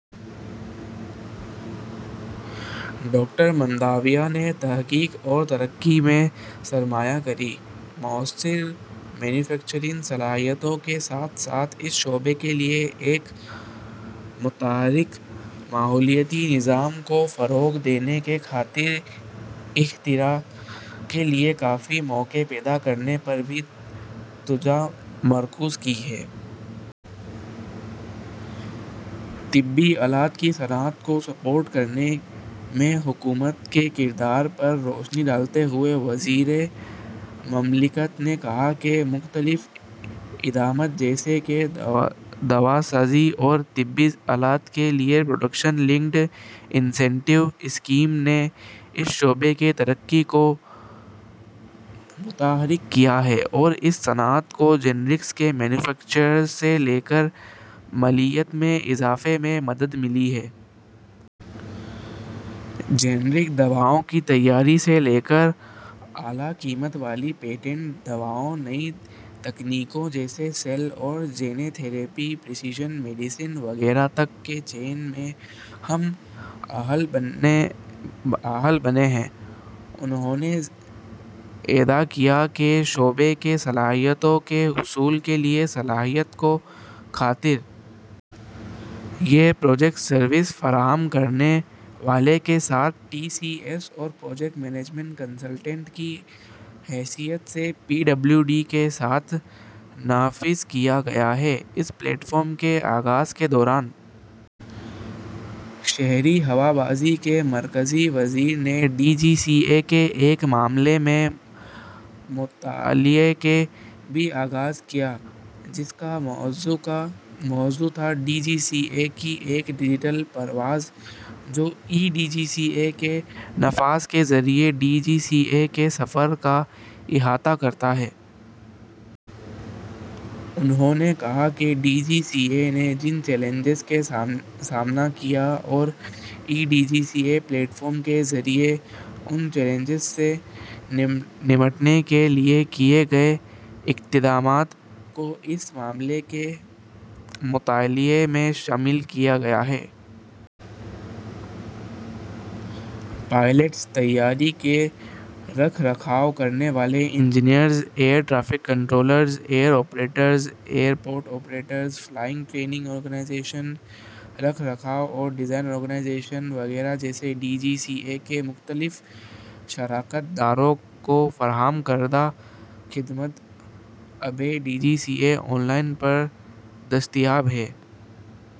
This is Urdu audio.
ڈاکٹر مانڈویہ نے تحقیق اور ترقی میں سرمایہ کاری، موثر مینوفیکچرنگ صلاحیتوں کے ساتھ ساتھ اس شعبے کے لیے ایک متحرک ماحولیاتی نظام کو فروغ دینے کی خاطر اختراع کے لیے کافی مواقع پیدا کرنے پر بھی توجہ مرکوز کی ہے۔ طبی آلات کی صنعت کو سپورٹ کرنے میں حکومت کے کردار پر روشنی ڈالتے ہوئے، وزیر مملکت نے کہا کہ ''مختلف اقدامات جیسے کہ دواسازی اور طبی آلات کے لیے پروڈکشن لنکڈ اسکیم نے اس شعبے کی ترقی کو متحرک کیا ہے اور اس صنعت کو جنرکس کے مینوفیکچررز سے لے کر مالیت میں اضافے میں مدد ملی ہے۔ جنرک دواؤں کی تیاری سے لیکر اعلیٰ قیمت والی پیٹنٹ دواؤں، نئی تکنیکوں جیسے سیل اور جین تھیریپی، پریزیشن میڈیسن وغیرہ تک کے چین میں ہم اہل بنے ہیں۔ انہوں نے اعادہ کیا کہ اس شعبے کی صلاحیتوں کے حصول کیلئے صلاحیت کو خاطر۔ یہ پروجیکٹ سروس فراہم کرنے والے کے ساتھ ٹی سی ایس اور پروجیکٹ منیجمنٹ کنسلٹینٹ کی حیثیت سے پی ڈبلیو کے ساتھ نافذ کیا گیا ہے۔ اس پلیٹ فارم کے آغاز کے دوران شہری ہوابازی کے مرکزی وزیر نے ڈی جی سی اے ایک معاملے کے مطالعے کا بھی آغاز کیا جس کا موضوع تھا ڈی جی سی اے کی ایک ڈجیٹل پرواز جو ای جی سی اے کے نفاذ کے ذریعہ ڈی جی سی اے کے سفر کا احاطہ کرتا ہے۔ انہوں نے کہا کہ ڈی جی سی اے نے جن چیلنجز کا سامنا کیا اور ای جی سی اے پلیٹ فارم کے ذریعہ ان چیلنجز سے نمٹنے کے لیے کیے گئے اقدامات کو اس معاملے کے مطالعے میں شامل کیا گیا ہے۔ پائلٹس، طیارے کے رکھ رکھاؤ کرنے والے engineers, air traffic controllers, air operators, airport operators, flying training organisation, رکھ رکھاؤ اور ڈیزائن آرگنائزیشن وغیرہ جیسے ڈی جی سی اے کے مختلف شراکت داروں کو فراہم کردہ خدمات اب ای جی سی اے آن لائن پر دستیاب ہیں۔